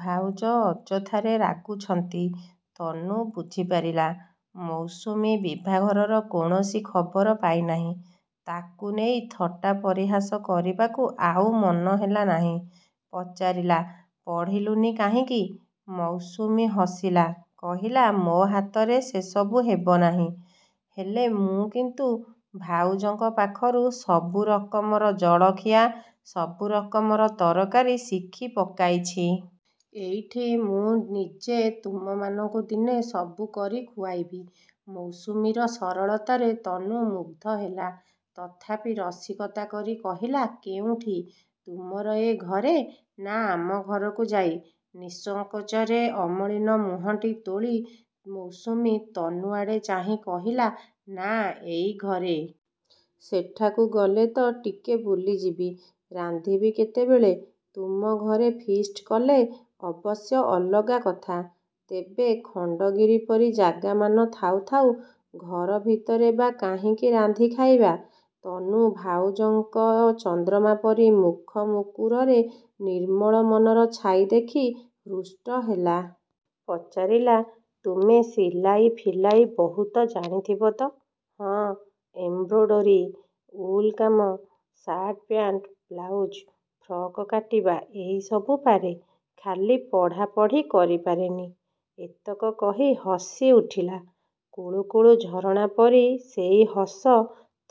ଭାଉଜ ଅଯଥାରେ ରାଗୁଛନ୍ତି। ତନୁ ବୁଝିପାରିଲା ମୌସୁମୀ ବିଭାଘରର କୌଣସି ଖବର ପାଇନାହିଁ। ତାକୁ ନେଇ ଥଟ୍ଟା ପରିହାସ କରିବାକୁ ଆଉ ମନ ହେଲାନାହିଁ। ପଚାରିଲା ପଢ଼ିଲୁନି କାହିଁକି? ମୌସୁମୀ ହସିଲା। କହିଲା ମୋ ହାତରେ ସେ ସବୁ ହେବନାହିଁ। ହେଲେ ମୁଁ କିନ୍ତୁ ଭାଉଜଙ୍କ ପାଖରୁ ସବୁ ରକମର ଜଳଖିଆ, ସବୁ ରକମର ତରକାରୀ ଶିଖି ପକାଇଛି। ଏଇଠି ମୁଁ ନିଜେ ତୁମମାନଙ୍କୁ ଦିନେ ସବୁ କରି ଖୁଆଇବି। ମୌସୁମୀର ସରଳତାରେ ତନୁ ମୁଗ୍ଧ ହେଲା। ତଥାପି ରସିକତା କରି କହିଲା କେଉଁଠି, ତୁମର ଏ ଘରେ ନା ଆମ ଘରକୁ ଯାଇ? ନିଃସଙ୍କୋଚରେ ଅମଳିନ ମୁହଁଟି ତୋଳି ମୌସୁମୀ ତନୁ ଆଡ଼େ ଚାହିଁ କହିଲା ନା, ଏଇ ଘରେ। ସେଠାକୁ ଗଲେ ତ ଟିକେ ବୁଲିଯିବି। ରାନ୍ଧିବି କେତେବେଳେ? ତୁମ ଘରେ ଫିଷ୍ଟ୍ କଲେ ଅବଶ୍ୟ ଅଲଗା କଥା। ତେବେ ଖଣ୍ଡଗିରି ପରି ଜାଗାମାନ ଥାଉ ଥାଉ ଘର ଭିତରେ ବା କାହିଁକି ରାନ୍ଧି ଖାଇବା! ତନୁ ଭାଉଜଙ୍କ ଚନ୍ଦ୍ରମା ପରି ମୁଖମୁକୁରରେ ନିର୍ମଳ ମନର ଛାଇ ଦେଖି ହୃଷ୍ଟ ହେଲା। ପଚାରିଲା ତୁମେ ସିଲାଇ ଫିଲାଇ ବହୁତ ଜାଣିଥିବ ତ? ହଁ, ଏମ୍ବ୍ରୋଡୋରୀ, ଉଲ୍‌କାମ, ସାର୍ଟ-ପ୍ୟାଣ୍ଟ, ବ୍ଲାଉଜ୍, ଫ୍ରକ୍ କାଟିବା ଏଇ ସବୁ ପାରେ। ଖାଲି ପଢ଼ାପଢ଼ି କରି ପାରେନି । ଏତକ କହି ହସିଉଠିଲା। କୁଳୁକୁଳୁ ଝରଣା ପରି ସେଇ ହସ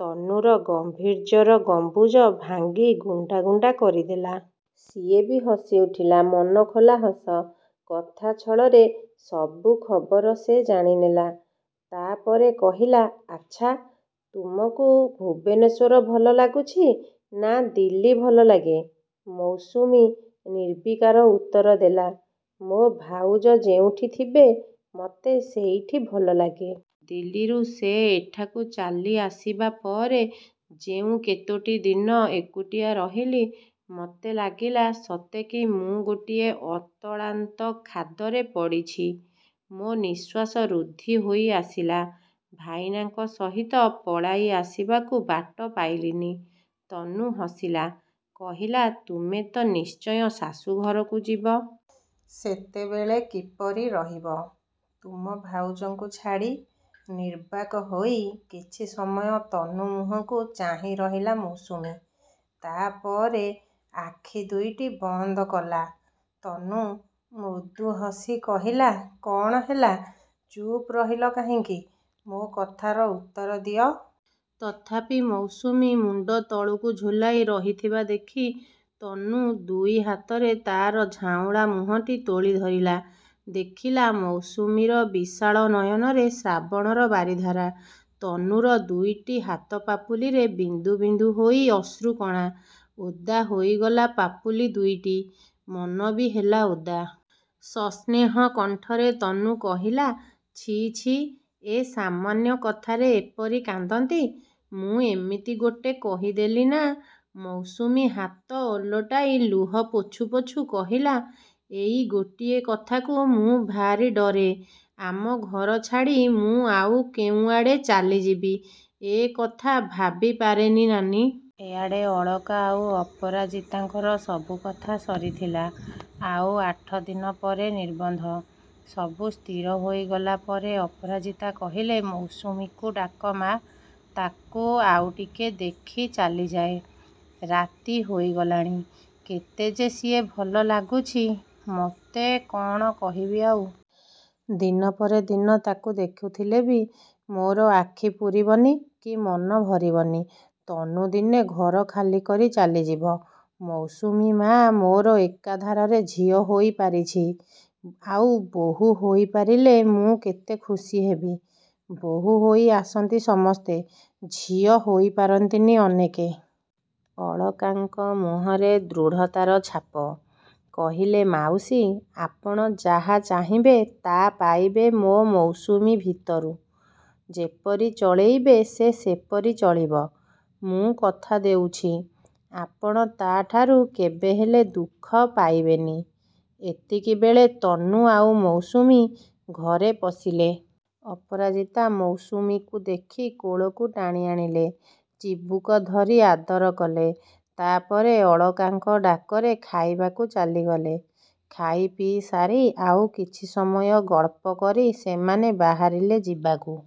ତନୁର ଗମ୍ଭୀର୍ଯ୍ୟର ଗମ୍ବୁଜ ଭାଙ୍ଗି ଗୁଣ୍ଡା ଗୁଣ୍ଡା କରିଦେଲା। ସିଏ ବି ହସିଉଠିଲା ମନଖୋଲା ହସ। କଥା ଛଳରେ ସବୁ ଖବର ସେ ଜାଣିନେଲା। ତା’ପରେ କହିଲା ଆଚ୍ଛା, ତୁମକୁ ଭୁବନେଶ୍ୱର ଭଲ ଲାଗୁଛି ନା ଦିଲ୍ଲୀ ଭଲ ଲାଗେ? ମୌସୁମୀ ନିର୍ବିକାର ଉତ୍ତର ଦେଲା ମୋ ଭାଉଜ ଯେଉଁଠି ଥିବେ, ମୋତେ ସେଇଠି ଭଲ ଲାଗେ। ଦିଲ୍ଲୀରୁ ସେ ଏଠାକୁ ଚାଲିଆସିବା ପରେ ଯେଉଁ କେତୋଟି ଦିନ ଏକୁଟିଆ ରହିଲି, ମୋତେ ଲାଗିଲା ସତେକି ମୁଁ ଗୋଟାଏ ଅତଳାନ୍ତ ଖାଦରେ ପଡ଼ିଛି। ମୋ ନିଃଶ୍ୱାସ ରୁନ୍ଧି ହୋଇଆସିଲା। ଭାଇନାଙ୍କ ସହିତ ପଳାଇ ଆସିବାକୁ ବାଟ ପାଇଲିନି। ତନୁ ହସିଲା। କହିଲା ତୁମେ ତ ନିଶ୍ଚୟ ଶାଶୂଘରକୁ ଯିବ। ସେତେବେଳେ କିପରି ରହିବ ତୁମ ଭାଉଜଙ୍କୁ ଛାଡ଼ି? ନିର୍ବାକ୍ ହୋଇ କିଛି ସମୟ ତନୁ ମୁହଁକୁ ଚାହିଁ ରହିଲା ମୌସୁମୀ। ତା’ ପରେ ଆଖି ଦୁଇଟି ବନ୍ଦ କଲା। ତନୁ ମୃଦୁ ହସି କହିଲା କ’ଣ ହେଲା, ଚୁପ୍ ରହିଲ କାହିଁକି? ମୋ କଥାର ଉତ୍ତର ଦିଅ। ତଥାପି ମୌସୁମୀ ମୁଣ୍ଡ ତଳକୁ ଝୁଲାଇ ରହିଥିବା ଦେଖି ତନୁ ଦୁଇ ହାତରେ ତା’ର ଝାଉଁଳା ମୁହଁଟି ତୋଳି ଧଇଲା। ଦେଖିଲା ମୌସୁମୀର ବିଶାଳ ନୟନରେ ଶ୍ରାବଣର ବାରିଧାରା। ତନୁର ଦୁଇଟି ହାତପାପୁଲିରେ ବିନ୍ଦୁ ବିନ୍ଦୁ ହୋଇ ଅଶ୍ରୁକଣା। ଓଦା ହୋଇଗଲା ପାପୁଲି ଦୁଇଟି। ମନ ବି ହେଲା ଓଦା। ସସ୍ନେହ କଣ୍ଠରେ ତନୁ କହିଲା ଛି ଛି, ଏ ସାମାନ୍ୟ କଥାରେ ଏପରି କାନ୍ଦନ୍ତି? ମୁଁ ଏମିତି ଗୋଟେ କହିଦେଲି ନା! ମୌସୁମୀ ହାତ ଓଲଟାଇ ଲୁହ ପୋଛୁ ପୋଛୁ କହିଲା ଏଇ ଗୋଟିଏ କଥାକୁ ମୁଁ ଭାରି ଡରେ। ଆମ ଘର ଛାଡ଼ି ମୁଁ ଆଉ କେଉଁଆଡ଼େ ଚାଲିଯିବି, ଏ କଥା ଭାବିପାରେନି ନାନୀ। ଏଆଡ଼େ ଅଳକା ଆଉ ଅପରାଜିତାଙ୍କର ସବୁ କଥା ସରିଥିଲା। ଆଉ ଆଠ ଦିନ ପରେ ନିର୍ବନ୍ଧ। ସବୁ ସ୍ଥିର ହୋଇଗଲା ପରେ ଅପରାଜିତା କହିଲେ ମୌସୁମୀକୁ ଡାକ ମାଆ, ତାକୁ ଆଉ ଟିକେ ଦେଖି ଚାଲିଯାଏ। ରାତି ହୋଇଗଲାଣି। କେତେ ଯେ ସିଏ ଭଲ ଲାଗୁଛି ମୋତେ, କ’ଣ କହିବି ଆଉ! ଦିନ ପରେ ଦିନ ତାକୁ ଦେଖୁଥିଲେ ବି ମୋର ଆଖି ପୁରିବନି କି ମନ ଭରିବନି। ତନୁ ଦିନେ ଘର ଖାଲି କରି ଚାଲିଯିବ। ମୌସୁମୀ ମାଆ ମୋର ଏକାଧାରରେ ଝିଅ ହୋଇପାରିଛି, ଆଉ ବୋହୂ ହୋଇପାରିଲେ ମୁଁ କେତେ ଖୁସି ହେବି! ବୋହୂ ହୋଇ ଆସନ୍ତି ସମସ୍ତେ, ଝିଅ ହୋଇ ପାରନ୍ତିନି ଅନେକେ। ଅଳକାଙ୍କ ମୁହଁରେ ଦୃଢ଼ତାର ଛାପ। କହିଲେ ମାଉସୀ, ଆପଣ ଯାହା ଚାହିଁବେ ତା’ ପାଇବେ ମୋ ମୌସୁମୀ ଭିତରୁ। ଯେପରି ଚଳାଇବେ ସେ ସେପରି ଚଳିବ। ମୁଁ କଥା ଦେଉଛି, ଆପଣ ତା’ଠାରୁ କେବେହେଲେ ଦୁଃଖ ପାଇବେନି। ଏତିକିବେଳେ ତନୁ ଆଉ ମୌସୁମୀ ଘରେ ପଶିଲେ। ଅପରାଜିତା ମୌସୁମୀକୁ ଦେଖି କୋଳକୁ ଟାଣିଆଣିଲେ। ଚିବୁକ ଧରି ଆଦର କଲେ। ତା’ପରେ ଅଳକାଙ୍କ ଡାକରେ ଖାଇବାକୁ ଚାଲିଗଲେ। ଖାଇପିଇ ସାରି, ଆଉ କିଛି ସମୟ ଗଳ୍ପ କରି ସେମାନେ ବାହାରିଲେ ଯିବାକୁ।